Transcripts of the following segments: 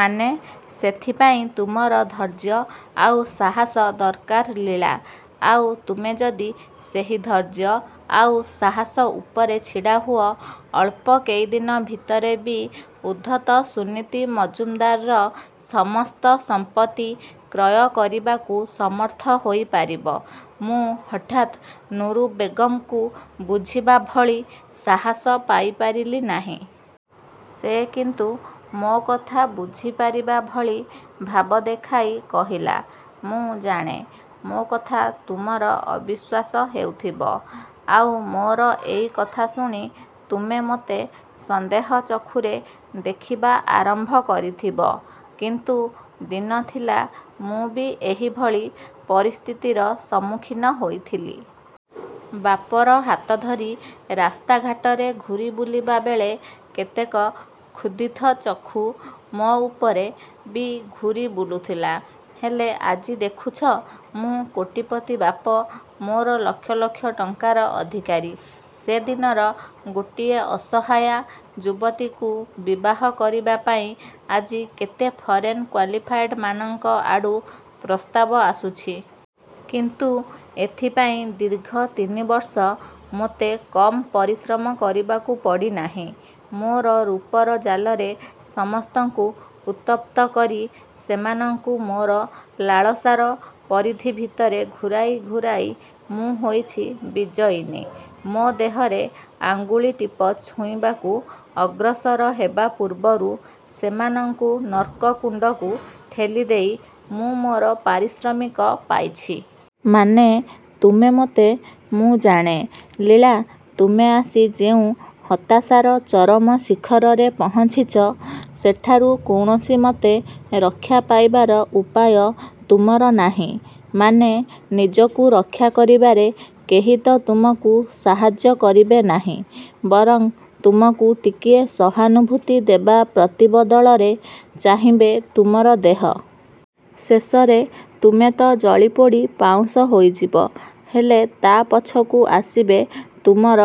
ମାନେ? ସେଥିପାଇଁ ତୁମର ଧୈର୍ଯ୍ୟ ଆଉ ସାହସ ଦରକାର ଲୀଳା। ଆଉ ତୁମେ ଯଦି ସେହି ଧୈର୍ଯ୍ୟ ଆଉ ସାହସ ଉପରେ ଛିଡ଼ା ହୁଅ, ଅଳ୍ପ କେଇଦିନ ଭିତରେ ବି ଉଦ୍ଧତ ସୁନୀତି ମଜୁମଦାରର ସମସ୍ତ ସମ୍ପତ୍ତି କ୍ରୟ କରିବାକୁ ସମର୍ଥ ହୋଇପାରିବ। ମୁଁ ହଠାତ୍ ନୁରୁ ବେଗମ୍‌କୁ ବୁଝିବା ଭଳି ସାହସ ପାଇପାରିଲି ନାହିଁ। ସେ କିନ୍ତୁ ମୋ କଥା ବୁଝିପାରିବା ଭଳି ଭାବ ଦେଖାଇ କହିଲା, ମୁଁ ଜାଣେ, ମୋ କଥା ତୁମର ଅବିଶ୍ୱାସ ହେଉଥିବ। ଆଉ ମୋର ଏଇ କଥା ଶୁଣି ତୁମେ ମୋତେ ସନ୍ଦେହ ଚକ୍ଷୁରେ ଦେଖିବା ଆରମ୍ଭ କରିଥିବ। କିନ୍ତୁ ଦିନ ଥିଲା, ମୁଁ ବି ଏହିଭଳି ପରିସ୍ଥିତିର ସମ୍ମୁଖୀନ ହୋଇଥିଲି। ବାପର ହାତ ଧରି ରାସ୍ତା ଘାଟରେ ଘୂରି ବୁଲିବା ବେଳେ କେତେକ କ୍ଷୁଧିତ ଚକ୍ଷୁ ମୋ ଉପରେ ବି ଘୂରି ବୁଲୁଥିଲା। ହେଲେ, ଆଜି ଦେଖୁଛ ମୁଁ କୋଟିପତି ବାପ ମୋର ଲକ୍ଷ ଲକ୍ଷ ଟଙ୍କାର ଅଧିକାରୀ। ସେଦିନର ଗୋଟିଏ ଅସହାୟା ଯୁବତୀକୁ ବିବାହ କରିବା ପାଇଁ ଆଜି କେତେ ଫରେନ୍ କ୍ୱାଲିଫାଏଡ୍‌ମାନଙ୍କ ଆଡ଼ୁ ପ୍ରସ୍ତାବ ଆସୁଛି। କିନ୍ତୁ ଏଥିପାଇଁ ଦୀର୍ଘ ତିନି ବର୍ଷ ମୋତେ କମ୍ ପରିଶ୍ରମ କରିବାକୁ ପଡ଼ିନାହିଁ। ମୋର ରୂପର ଜାଲରେ ସମସ୍ତଙ୍କୁ ଉତ୍ତପ୍ତ କରି, ସେମାନଙ୍କୁ ମୋର ଲାଳସାର ପରିଧି ଭିତରେ ଘୂରାଇ ଘୂରାଇ ମୁଁ ହୋଇଛି ବିଜୟିନୀ। ମୋ ଦେହରେ ଆଙ୍ଗୁଳି ଟିପ ଛୁଇଁବାକୁ ଅଗ୍ରସର ହେବା ପୂର୍ବରୁ ସେମାନଙ୍କୁ ନର୍କ କୁଣ୍ଡକୁ ଠେଲିଦେଇ ମୁଁ ମୋର ପାରିଶ୍ରମିକ ପାଇଛି। ମାନେ ତୁମେ ମୋତେ ମୁଁ ଜାଣେ ଲୀଳା ତୁମେ ଆସି ଯେଉଁ ହତାଶାର ଚରମ ଶିଖରରେ ପହଞ୍ଚିଛ, ସେଠାରୁ କୌଣସିମତେ ରକ୍ଷା ପାଇବାର ଉପାୟ ତୁମର ନାହିଁ। ମାନେ ନିଜକୁ ରକ୍ଷା କରିବାରେ କେହି ତ ତୁମକୁ ସାହାଯ୍ୟ କରିବେ ନାହିଁ; ବରଂ ତୁମକୁ ଟିକିଏ ସହାନୁଭୂତି ଦେବା ପ୍ରତିବଦଳରେ ଚାହିଁବେ ତୁମର ଦେହ। ଶେଷରେ ତୁମେ ତ ଜଳିପୋଡ଼ି ପାଉଁଶ ହୋଇଯିବ, ହେଲେ, ତା ପଛକୁ ଆସିବେ ତୁମର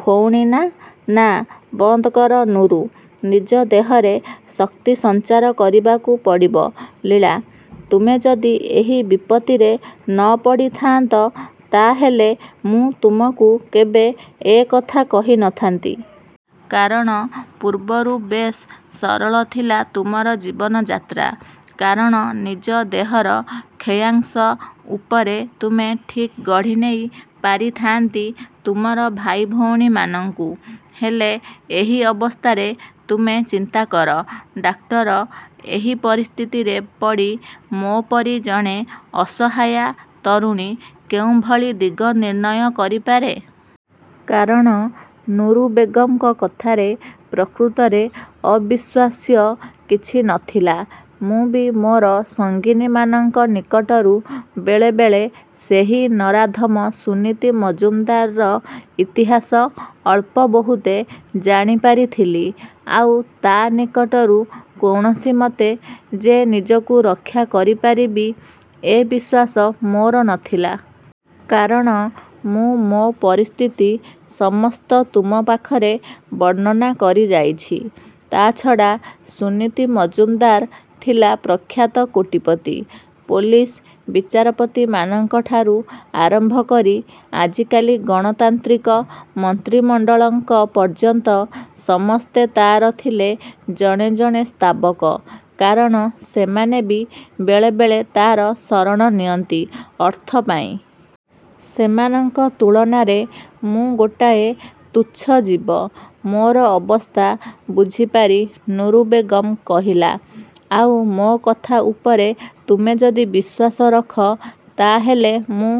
ଭଉଣୀ ନା, ନା ବନ୍ଦ କର ନୁରୁ। ନିଜ ଦେହରେ ଶକ୍ତି ସଞ୍ଚାର କରିବାକୁ ପଡ଼ିବ, ଲୀଳା। ତୁମେ ଯଦି ଏହି ବିପତ୍ତିରେ ନ ପଡ଼ିଥାଆନ୍ତ, ତା ହେଲେ ମୁଁ ତୁମକୁ କେବେ ଏ କଥା କହିନଥାନ୍ତି। କାରଣ, ପୂର୍ବରୁ ବେଶ୍ ସରଳ ଥିଲା ତୁମର ଜୀବନଯାତ୍ରା। କାରଣ ନିଜ ଦେହର କ୍ଷୟାଂଶ ଉପରେ ତୁମେ ଠିକ୍ ଗଢ଼ିନେଇ ପାରିଥାଆନ୍ତି ତୁମର ଭାଇ ଭଉଣୀମାନଙ୍କୁ। ହେଲେ ଏହି ଅବସ୍ଥାରେ ତୁମେ ଚିନ୍ତାକର ଡାକ୍ଟର, ଏହି ପରିସ୍ଥିତିରେ ପଡ଼ି ମୋ ପରି ଜଣେ ଅସହାୟା ତରୁଣୀ କେଉଁଭଳି ଦିଗନିର୍ଣ୍ଣୟ କରିପାରେ? କାରଣ ନୁରୁ ବେଗମ୍‌ଙ୍କ କଥାରେ ପ୍ରକୃତରେ ଅବିଶ୍ୱାସ୍ୟ କିଛି ନଥିଲା। ମୁଁ ବି ମୋର ସଙ୍ଗିନୀମାନଙ୍କ ନିକଟରୁ ବେଳେ ବେଳେ ସେହି ନରାଧମ ସୁନୀତି ମଜୁମଦାରର ଇତିହାସ ଅଳ୍ପ ବହୁତେ ଜାଣିପାରିଥିଲି। ଆଉ ତା ନିକଟରୁ କୌଣସିମତେ ଯେ ନିଜକୁ ରକ୍ଷା କରିପାରିବି ଏ ବିଶ୍ୱାସ ମୋର ନଥିଲା। କାରଣ, ମୁଁ ମୋ ପରିସ୍ଥିତି ସମସ୍ତ ତୁମ ପାଖରେ ବର୍ଣ୍ଣନା କରିଯାଇଛି। ତା ଛଡ଼ା ସୁନୀତି ମଜୁମଦାର ଥିଲା ପ୍ରଖ୍ୟାତ କୋଟିପତି। ପୋଲିସ, ବିଚାରପତିମାନଙ୍କଠାରୁ ଆରମ୍ଭ କରି, ଆଜିକାଲି ଗଣତାନ୍ତ୍ରିକ ମନ୍ତ୍ରିମଣ୍ଡଳଙ୍କ ପର୍ଯ୍ୟନ୍ତ, ସମସ୍ତେ ତାର ଥିଲେ ଜଣେ ଜଣେ ସ୍ତାବକ। କାରଣ ସେମାନେ ବି ବେଳେ ବେଳେ ତାର ଶରଣ ନିଅନ୍ତି ଅର୍ଥ ପାଇଁ। ସେମାନଙ୍କ ତୁଳନାରେ ମୁଁ ଗୋଟାଏ ତୁଚ୍ଛ ଜୀବ। ମୋର ଅବସ୍ଥା ବୁଝିପାରି ନୁରୁ ବେଗମ୍ କହିଲା, ଆଉ ମୋ କଥା ଉପରେ ତୁମେ ଯଦି ବିଶ୍ୱାସ ରଖ, ତା ହେଲେ ମୁଁ